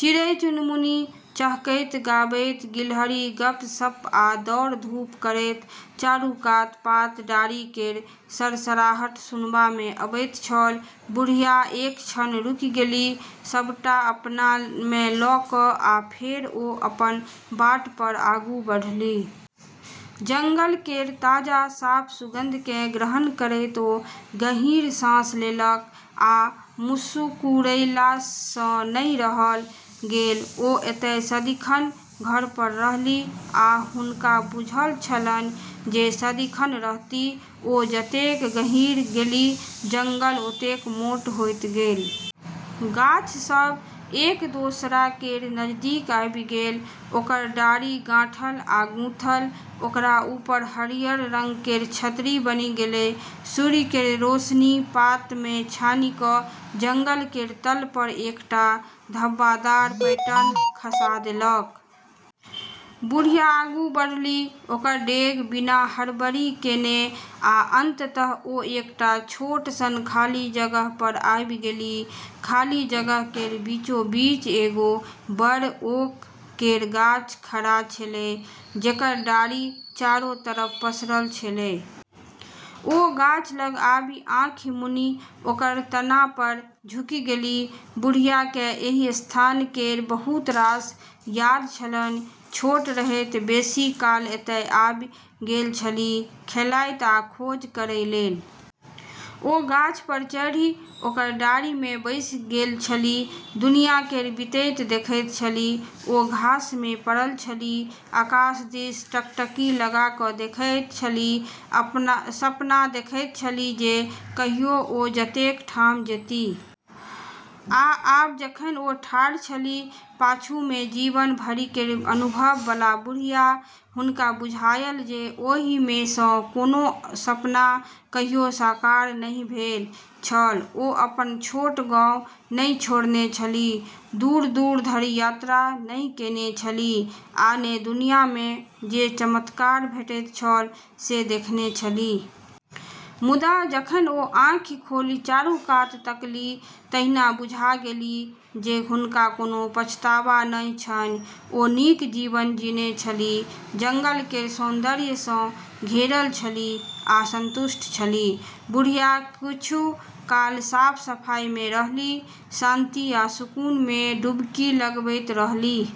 चिड़ै-चुनमुनी चहकैत-गाबैत, गिलहरी गप्प-सप्प आ दौड़-धूप करैत, चारू कात पात-डारि केर सरसराहट सुनबा मे अबैत छल। बुढ़िया एक क्षण रुकि गेलीह, सबटा अपना मे लऽ कऽ, आ फेर ओ अपन बाट पर आगू बढ़लीह। जंगल केर ताजा साफ सुगंध केँ ग्रहण करैत ओ गहींर साँस लेलक आ मुसुकुरैला सँ नहि रहल गेल। ओ एतय सदिखन घर पर रहलीह, आ हुनका बुझल छलनि जे सदिखन रहतीह। ओ जतेक गहींर गेलीह, जंगल ओतेक मोट होइत गेल। गाछ सभ एक दोसरा केर नजदीक आबि गेल, ओकर डारि गाँठल आ गूंथल, ओकरा ऊपर हरियर रंग केर छतरी बनि गेलै। सूर्य केर रोशनी पात मे छानि कऽ जंगल केर तल पर एकटा धब्बादार पैटर्न खसा देलक। बुढ़िया आगू बढ़लीह, ओकर डेग बिना हड़बड़ी केने, आ अंततः ओ एकटा छोट सन खाली जगह पर आबि गेलीह। खाली जगह केर बीचोबीच एगो बड़ ओक केर गाछ खड़ा छेलै, जेकर डारि चारो तरफ पसरल छेलै। ओ गाछ लग आबि आँखि मुनि ओकर तना पर झुकि गेलीह। बुढ़िया के एहि स्थान केर बहुत रास याद छलनि। छोट रहैत बेसी काल एतय आबि गेल छलीह, खेलाइत आ खोज करै लेल। ओ गाछ पर चढ़ि ओकर डारि मे बैसि गेल छलीह, दुनिया केर बीतैत देखैत छलीह। ओ घास मे पड़ल छलीह, आकाश दिस टकटकी लगा कऽ देखैत छलीह, सपना देखैत छलीह जे कहियो ओ जतेक ठाम जेतीह। आ आब जखन ओ ठाढ़ छलीह, पाछू मे जीवन भरि केर अनुभव बला बुढ़िया, हुनका बुझायल जे ओहि मे सँ कोनो सपना कहियो साकार नहि भेल छल। ओ अपन छोट गाउँ नहि छोड़ने छलीह, दूर-दूर धरि यात्रा नहि केने छलीह आ ने दुनिया मे जे चमत्कार भेटैत छल से देखने छलीह। मुदा जखन ओ आँखि खोलि चारू कात तकलीह तहिना बुझि गेलीह जे हुनका कोनो पछतावा नहि छनि। ओ नीक जीवन जीने छलीह, जंगल केर सौन्दर्य सँ घेरल छलीह आ संतुष्ट छलीह। बुढ़िया किछु काल साफ-सफाई मे रहलीह, शांति आ सुकून मे डुबकी लगबैत रहलीह।